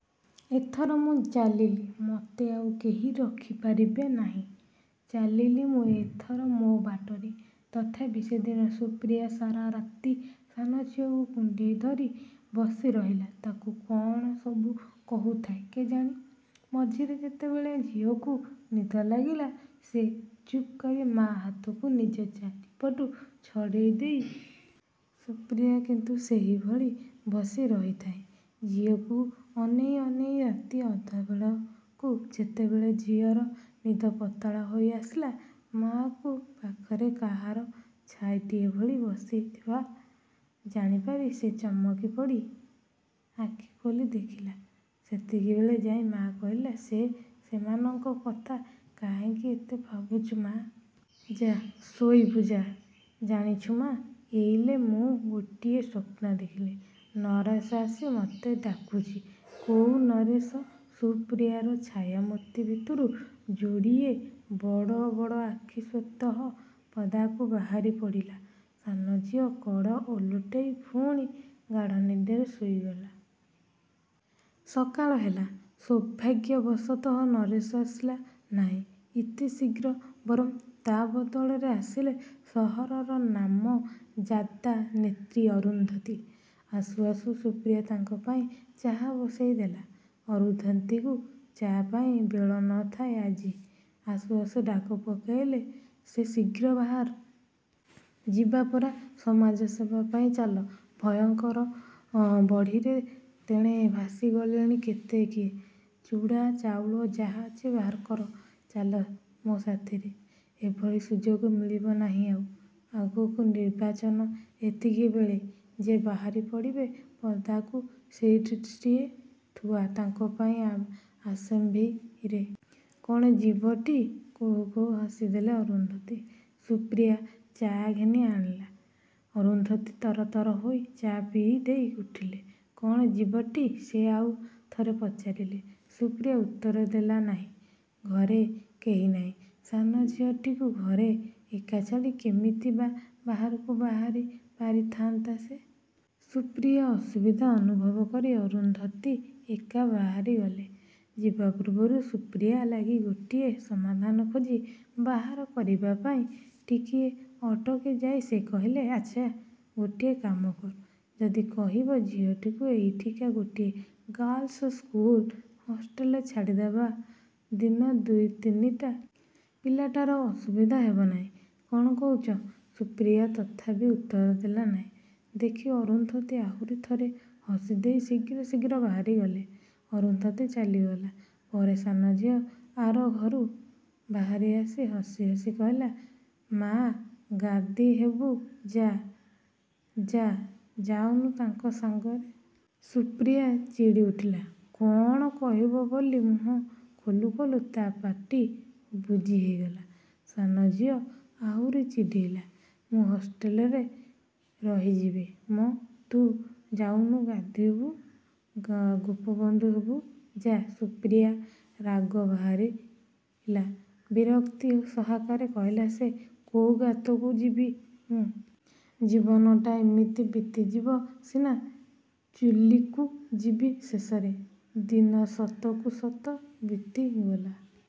ଏଥର ମୁଁ ଚାଲିଲି। ମତେ ଆଉ କେହି ରଖିପାରିବେ ନାହିଁ। ଚାଲିଲି ମୁଁ ଏଥର ମୋ ବାଟରେ! ତଥାପି ସେଦିନ ସୁପ୍ରିୟା ସାରା ରାତି ସାନଝିଅକୁ କୁଣ୍ଢେଇ ଧରି ବସିରହିଲା। ତାକୁ କଅଣ ସବୁ କହୁଥାଏ କେଜାଣି। ମଝିରେ ଯେତେବେଳେ ଝିଅକୁ ନିଦ ଲାଗିଲା, ସେ ଚୁପକରି ମା' ହାତକୁ ନିଜ ଚାରିପଟୁ ଛଡ଼େଇ ଦେଇ ଶେଯରେ ଗଡ଼ିପଡ଼ିଲା। ସୁପ୍ରିୟା କିନ୍ତୁ ସେଇଭଳି ବସିରହିଥାଏ, ଝିଅକୁ ଅନେଇ ଅନେଇ। ରାତି ଅଧବେଳକୁ ଯେତେବେଳେ ଝିଅର ନିଦ ପତଳା ହୋଇଆସିଲା, ମା'କୁ ପାଖରେ କାହାର ଛାଇଟିଏ ଭଳି ବସିଥିବା ଜାଣିପାରି ସେ ଚମକିପଡ଼ି ଆଖି ଖୋଲି ଦେଖିଲା। ସେତିକିବେଳେ ଯାଇ ମା କହିଲା ସେ, ସେମାନଙ୍କ କଥା କାହିଁକି ଏତେ ଭାବୁଛୁ ମା! ଯା ଶୋଇବୁ ଯା। ଜାଣିଛୁ ମା, ଏଇଲେ ମୁଁ ଗୋଟିଏ ସ୍ୱପ୍ନ ଦେଖିଲି। ନରେଶ ଆସି ମତେ ଡାକୁଛି! କୋଉ ନରେଶ? ସୁପ୍ରିୟାର ଛାୟାମୂର୍ତ୍ତି ଭିତରୁ ଯୋଡ଼ିଏ ବଡ଼ ବଡ଼ ଆଖି ସ୍ୱତଃ ପଦାକୁ ବାହାରିପଡ଼ିଲା। ସାନଝିଅ କଡ଼ ଓଲଟେଇ ପୁଣି ଗାଢ଼ ନିଦରେ ଶୋଇଗଲା। ସକାଳ ହେଲା। ସୌଭାଗ୍ୟବଶତଃ ନରେଶ ଆସିଲା ନାହିଁ ଏତେ ଶୀଘ୍ର। ବରଂ ତା' ବଦଳରେ ଆସିଲେ ସହରର ନାମଜାଦା ନେତ୍ରୀ ଅରୁନ୍ଧତୀ! ଆସୁ ଆସୁ ସୁପ୍ରିୟା ତାଙ୍କ ପାଇଁ ଚାହା ବସେଇଦେଲା। ଅରୁନ୍ଧତୀଙ୍କୁ ଚା' ପାଇଁ ବେଳ ନ ଥାଏ ଆଜି। ଆସୁ ଆସୁ ଡାକ ପକେଇଲେ ସେ, ଶୀଘ୍ର ବାହାର। ଯିବ ପରା ସମାଜସେବା ପାଇଁ। ଚାଲ, ଭୟଙ୍କର ବଢ଼ିରେ ତେଣେ ଭାସିଗଲେଣି କେତେ କିଏ। ଚୂଡ଼ା ଚାଉଳ ଯାହା ଅଛି ବାହାର କର। ଚାଲ ମୋ ସାଥିରେ। ଏଭଳି ସୁଯୋଗ ମିଳିବ ନାହିଁ ଆଉ। ଆଗକୁ ନିର୍ବାଚନ। ଏତିକିବେଳେ ଯେ ବାହାରିପଡ଼ିବେ ପଦାକୁ ସିଟ୍‌ଟିଏ ଥୁଆ ତାଙ୍କ ପାଇଁ ଆସେମ୍ବ୍ଲିରେ। କ'ଣ ଯିବଟି? କହୁ କହୁ ହସିଦେଲେ ଅରୁନ୍ଧତୀ। ସୁପ୍ରିୟା ଚା' ଘେନି ଆଣିଲା। ଅରୁନ୍ଧତୀ ତରତର ହୋଇ ଚା' ପିଇଦେଇ ଉଠିଲେ। କ'ଣ ଯିବଟି? ସେ ଆଉ ଥରେ ପଚାରିଲେ। ସୁପ୍ରିୟା ଉତ୍ତର ଦେଲା ନାହିଁ। ଘରେ କେହି ନାହିଁ। ସାନଝିଅଟିକୁ ଘରେ ଏକା ଛାଡ଼ି କେମିତି ବା ବାହାରକୁ ବାହାରିପାରିଥାନ୍ତା ସେ। ସୁପ୍ରିୟା ଅସୁବିଧା ଅନୁଭବ କରି ଅରୁନ୍ଧତୀ ଏକା ବାହାରିଗଲେ। ଯିବା ପୂର୍ବରୁ ସୁପ୍ରିୟା ଲାଗି ଗୋଟିଏ ସମାଧାନ ଖୋଜି ବାହାର କରିବା ପାଇଁ ଟିକିଏ ଅଟକିଯାଇ ସେ କହିଲେ, ଆଚ୍ଛା, ଗୋଟିଏ କାମ କର। ଯଦି କହିବ ଝିଅକୁ ଏଇଠିକା ଗୋଟିଏ ଗାର୍ଲସ ସ୍କୁଲ ହଷ୍ଟେଲରେ ଛାଡ଼ିଦେବା, ଦିନ ଦୁଇ ତିନିଟା। ପିଲାଟାର ଅସୁବିଧା ହେବ ନାହିଁ। କ'ଣ କହୁଛ? ସୁପ୍ରିୟା ତଥାପି ଉତ୍ତର ଦେଲା ନାହିଁ ଦେଖି ଅରୁନ୍ଧତୀ ଆହୁରି ଥରେ ହସିଦେଇ ଶୀଘ୍ର ଶୀଘ୍ର ବାହାରିଗଲେ। ଅରୁନ୍ଧତୀ ଚାଲିଗଲା ପରେ ସାନଝିଅ ଆରଘରୁ ବାହାରିଆସି ହସିହସି କହିଲା, ମା, ଗାନ୍ଧୀ ହେବୁ? ଯା ଯା, ଯାଉନୁ ତାଙ୍କ ସାଙ୍ଗରେ। ସୁପ୍ରିୟା ଚିଡ଼ିଉଠିଲା। କଅଣ କହିବ ବୋଲି ମୁହଁ ଖୋଲୁ ଖୋଲୁ ତା' ପାଟି ବୁଜିହୋଇଗଲା। ସାନଝିଅ ଆହୁରି ଚିଡ଼େଇଲା, ମୁଁ ହଷ୍ଟେଲରେ ରହିଯିବି ମ! ତୁ ଯାଉନୁ ଗାନ୍ଧୀ ହେବୁ ଗୋପବନ୍ଧୁ ହେବୁ, ଯା! ସୁପ୍ରିୟାର ରାଗ ବାହାରିଲା। ବିରକ୍ତି ସହକାରେ କହିଲା ସେ, କୋଉ ଗାତକୁ ଯିବି ମୁଁ! ଜୀବନଟା ଏମିତି ବିତିଯିବ ସିନା, ଚୁଲିକୁ ଯିବି ଶେଷରେ। ଦିନ ସତକୁ ସତ ବିତିଗଲା।